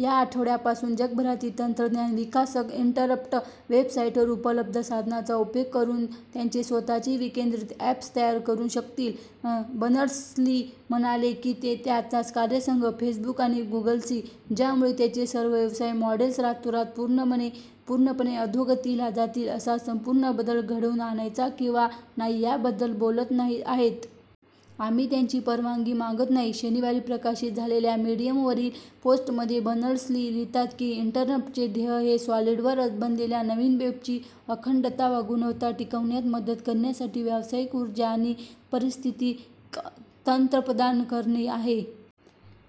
या आठवड्यापासून जगभरातील तंत्रज्ञान विकासक इनरप्ट वेबसाइटवर उपलब्ध साधनांचा उपयोग करून त्यांचे स्वतःचे विकेंद्रित अॅप्स तयार करू शकतील. बर्नर्स-ली म्हणाले की ते आणि त्यांचा कार्यसंघ "फेसबुक आणि गुगलशी, ज्यामुळे त्यांचे सर्व व्यवसाय मॉडेल्स रातोरात पूर्णपणे अधोगतीला जातील असा संपूर्ण बदल घडवून आणायचा किंवा नाही याबद्दल बोलत नाही आहेत. "आम्ही त्यांची परवानगी मागत नाही. " शनिवारी प्रकाशित झालेल्या मेडियमवरील पोस्टमध्ये बर्नर्स-ली लिहितात की इनरप्टचे "ध्येय हे सॉलिडवर बनलेल्या नवीन वेबची अखंडता व गुणवत्ता टिकवण्यात मदत करण्यासाठी व्यावसायिक उर्जा आणि पारिस्थितिक तंत्र प्रदान करणे आहे.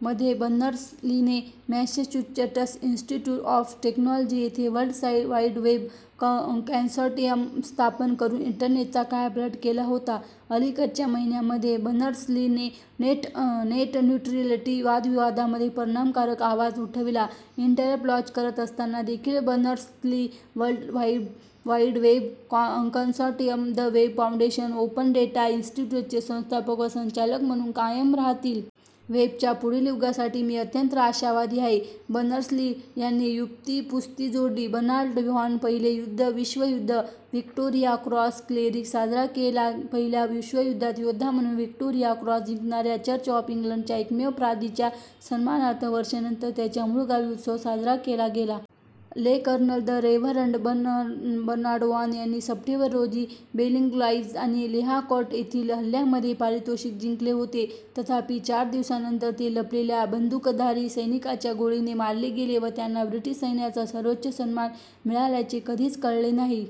" मध्ये, बर्नर्स-लीने मॅसॅच्युसेट्स इंस्टिट्युट ऑफ टेक्नॉलॉजी येथे वर्ल्ड वाइड वेब कंसॉर्टिअम स्थापन करून इंटरनेटचा कायापालट केला होता. अलीकडच्या महिन्यांमध्ये, बर्नर्स-लीने नेट न्युट्रॅलिटी वादविवादामध्ये परिणामकारक आवाज उठविला. इनरप्ट लाँच करत असताना देखील, बर्नर्स-ली हे World Wide Web Consortium, the Web Foundation आणि ओपन डेटा इंस्टिट्युटचे संस्थापक व संचालक म्हणून कायम राहतील. "वेबच्या पुढील युगासाठी मी अत्यंत आशावादी आहे," बर्नर्स-ली यांनी पुस्ती जोडली. बर्नार्ड व्हॉन: पहिले विश्वयुद्ध व्हिक्टोरिया क्रॉस क्लेरिक साजरा केला पहिल्या विश्वयुद्धात योद्धा म्हणून व्हिक्टोरिया क्रॉस जिंकणाऱ्या चर्च ऑफ इंग्लंडच्या एकमेव पाद्रीच्या सन्मानार्थ वर्षांनंतर त्याच्या मूळगावी उत्सव साजरा केला गेला. ले. Colonel the Reverend Bernard Vaughan यांनी सप्टेंबर रोजी बेलेंग्लाइज आणि लेहाकोर्ट येथील हल्ल्यामध्ये पारितोषिक जिंकले होते. तथापि, चार दिवसांनंतर ते लपलेल्या बंधुकधारी सैनिकाच्या गोळीने मारले गेले व त्यांना ब्रिटिश सैन्याचा सर्वोच्च सन्मान मिळाल्याचे कधीच कळले नाही.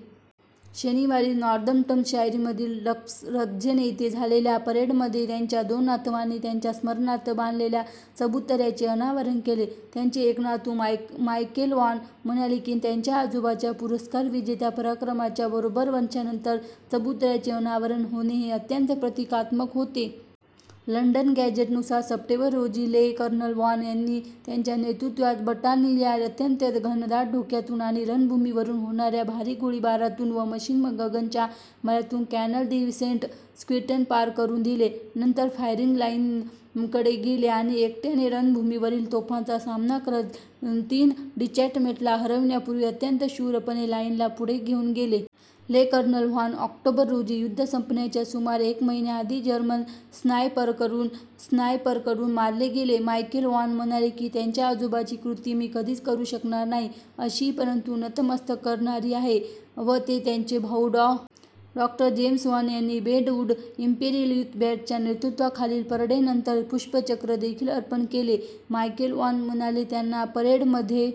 शनिवारी नॉर्दम्प्टनशायरमधील रश्डेन येथे झालेल्या परेडमध्ये त्यांच्या दोन नातवांनी त्यांच्या स्मरणार्थ बांधलेल्या चबुतऱ्याचे अनावरण केले. त्यांचे एक नातू, मायकेल वॉन म्हणाले की त्यांच्या आजोबांच्या पुरस्कार-विजेत्या पराक्रमाच्या बरोब्बर वर्षांनंतर चबुतऱ्याचे अनावरण होणे हे "अत्यंत प्रतिकात्मक होते. लंडन गॅझेटनुसार सप्टेंबर रोजी ले. कर्नल वॉन यांनी त्यांच्या नेतृत्वात बटालियनला "अत्यंत घनदाट धुक्यातून आणि रणभूमीवरून होणाऱ्या भारी गोळीबारातून व मशीन गनच्या माऱ्यातून" कॅनल दी सेंट-क्वेंटिन पार करून दिले. ते नंतर फायरिंग लाइनकडे गेले आणि एकट्याने रणभूमीवरील तोफांचा सामना करत तीन डिटॅचमेंटला हरवण्यापूर्वी "अत्यंत शूरपणे" लाइनला पुढे घेऊन गेले. ले. कर्नल वॉन ऑक्टोबर रोजी युद्ध संपण्याच्या सुमारे एक महिन्याआधी जर्मन स्नायपरकडून मारले गेले. मायकेल वॉन, म्हणाले की त्यांच्या आजोबांची कृती "मी कधीच करू शकणार नाही अशी परंतु नतमस्तक करणारी आहे. " ते व त्यांचे भाऊ डॉ. जेम्स वॉन यांनी ब्रेंटवूड इंपेरियल युथ बँडच्या नेतृत्वाखालील परेडनंतर पुष्पचक्र देखील अर्पण केले. मायकेल वॉन म्हणाले, त्यांना "परेडमध्ये